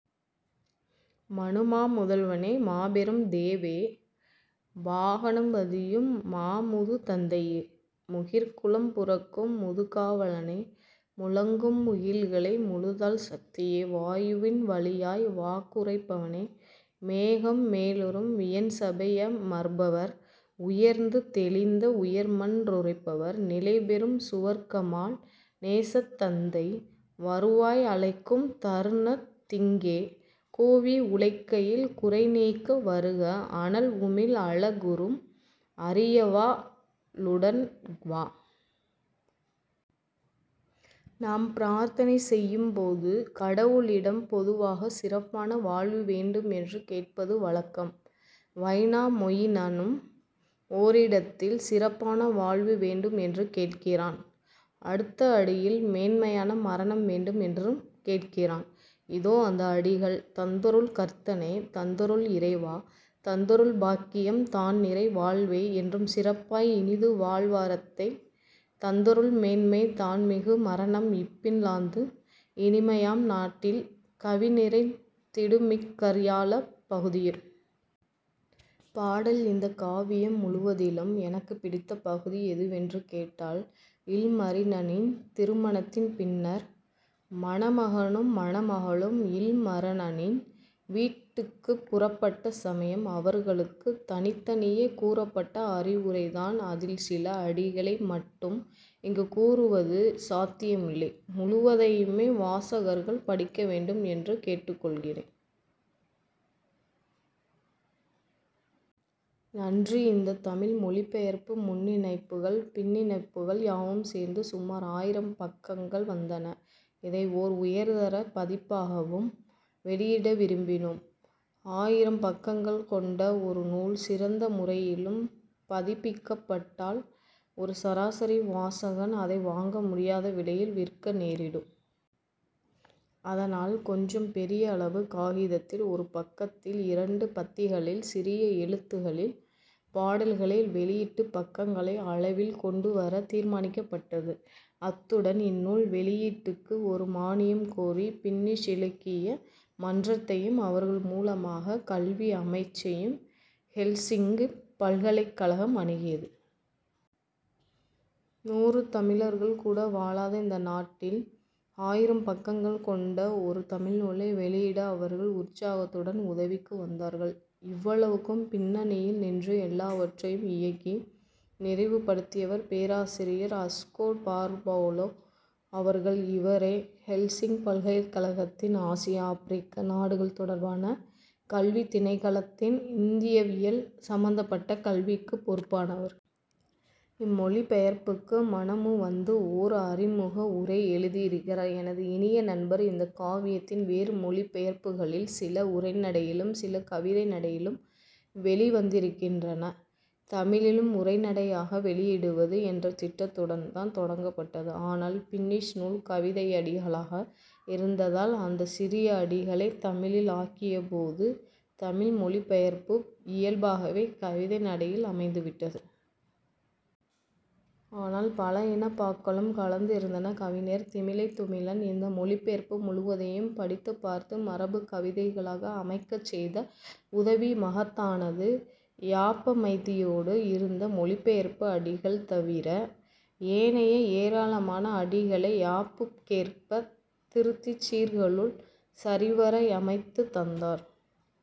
மனுமா முதல்வனே மாபெரும் தேவே! வானகம் வதியும் மாமுது தந்தையே முகிற்குலம் புரக்கும் முதுகா வலனே! முழங்கும் முகில்களை முழுதாள் சக்தியே வாயுவின் வழியாய் வாக்குரைப்பவனே! மேகம் மேலுறும் வியன்சபை யமர்பவர் உயர்ந்து தெளிந்த உயர்மன் றுறைபவர்। நிலைபெறும் சுவர்க்கமாள் நேசத் தந்தை வருவாய் அழைக்கும் தருணத் திங்கே கூவி உழைக்கையில் குறைநீக்க வருக அனல்உமிழ் அலகுறும் அரியவா ளுடன்வா! நாம் பிரார்த்தனை செய்யும்போது கடவுளிடம் பொதுவாகச் "சிறப்பான வாழ்வு" வேண்டும் என்று கேட்பது வழக்கம். வைனாமொயினனும் ஓரிடத்தில் "சிறப்பான வாழ்வு" வேண்டும் என்று கேட்கிறான்; அடுத்த அடியில் "மேன்மையான மரணம்" வேண்டும் என்றும் கேட்கிறான். இதோ அந்த அடிகள்: தந்தருள் கர்த்தனே, தந்தருள் இறைவா! தந்தருள் பாக்கியம் தான்நிறை வாழ்வை என்றும் சிறப்பாய் இனிதுவாழ் வரத்தை தந்தருள் மேன்மை தான்மிகு மரணம் இப்பின் லாந்து இனிமையாம் நாட்டில் கவின்நிறைந் திடுமிக் கர்யலாப் பகுதியில். -பாடல். இந்தக் காவியம் முழுவதிலும் எனக்குப் பிடித்த பகுதி எதுவென்று கேட்டால், இல்மரினனின் திருமணத்தின் பின்னர், மணமகனும் மணமகளும் இல்மரினனின் வீட்டுக்குப் புறப்பட்ட சமயம், அவர்களுக்குத் தனித்தனியே கூறப்பட்ட அறிவுரை தான். அதில் சில அடிகளை மட்டும் இங்கு கூறுவது சாத்தியமில்லை; முழுவதையுமே வாசகர்கள் படிக்க வேண்டும் என்று கேட்டுக் கொள்கிறேன். நன்றி இந்தத் தமிழ் மொழிபெயர்ப்பு, முன்னிணைப்புகள், பின்னிணைப்புகள் யாவும் சேர்ந்து சுமார் ஆயிரம் பக்கங்கள் வந்தன. இதை ஓர் உயர்தர பதிப்பாகவும் வெளியிட விரும்பினோம். ஆயிரம் பக்கங்கள் கொண்ட ஒரு நூல் சிறந்த முறையிலும் பதிப்பிக்கப்பட்டால், ஒரு சராசரி வாசகன் அதை வாங்க முடியாத விலையில் விற்க நேரிடும். அதனால் கொஞ்சம் பெரிய அளவு காகிதத்தில், ஒரு பக்கத்தில் இரண்டு பத்திகளில் சிறிய எழுத்துகளில் பாடல்களை வெளியிட்டுப் பக்கங்களை அளவில் கொண்டுவரத் தீர்மானிக்கப்பட்டது. அத்துடன் இந்நூல் வெளியீட்டுக்கு ஒரு மானியம் கோரி பின்னிஷ் இலக்கிய மன்றத்தையும் அவர்கள் மூலமாகக் கல்வி அமைச்சையும் ஹெல்சிங்கிப் பல்கலைக்கழகம் அணுகியது. நூறு தமிழர்கள் கூட வாழாத இந்த நாட்டில் ஆயிரம் பக்கங்கள் கொண்ட ஒரு தமிழ் நூலை வெளியிட அவர்கள் உற்சாகத்துடன் உதவிக்கு வந்தார்கள். இவ்வளவுக்கும் பின்னணியில் நின்று எல்லாவற்றையும் இயக்கி நிறைவு படுத்தியவர் பேராசிரியர் அஸ்கோ பார்பொலா அவர்கள். இவரே ஹெல்சிங்கிப் பல்கலைக்கழகத்தின் 'ஆசிய ஆபிரிக்க நாடுகள் தொடர்பான கல்வித் திணைக்கள'த்தின் இந்தியவியல் சம்பந்தப்பட்ட கல்விக்குப் பொறுப்பானவர். இம்மொழிபெயர்ப்புக்கு மனமுவந்து ஓர் அறிமுக உரை எழுதியிருக்கிறார். எனது இனிய நண்பர். இந்தக் காவியத்தின் வேறு மொழிபெயர்ப்புகளில் சில உரைநடையிலும் சில கவிதை நடையிலும் வெளிவந்திருக்கின்றன. தமிழிலும் உரைநடையாக வெளியிடுவது என்ற திட்டத்துடன்தான் தொடங்கப்பட்டது. ஆனால் பின்னிஷ் நூல் கவிதையடிகளாக இருந்ததால், அந்தச் சிறிய அடிகளைத் தமிழில் ஆக்கியபோது, தமிழ் மொழிபெயர்ப்பும் இயல்பாகவே கவிதைநடையில் அமைந்துவிட்டது. ஆனால் பல இனப் பாக்களும் கலந்து இருந்தன. கவிஞர் திமிலைத்துமிலன் இந்த மொழிபெயர்ப்பு முழுவதையும் படித்துப் பார்த்து மரபுக் கவிதைகளாக அமைக்கச் செய்த உதவி மகத்தானது. யாப்பமைதியோடு இருந்த மொழிபெயர்ப்பு அடிகள் தவிர, ஏனைய ஏராளமான அடிகளை யாப்புக்கேற்பத் திருத்திச் சீர்களுள் சரிவர அமைத்துத் தந்தார்.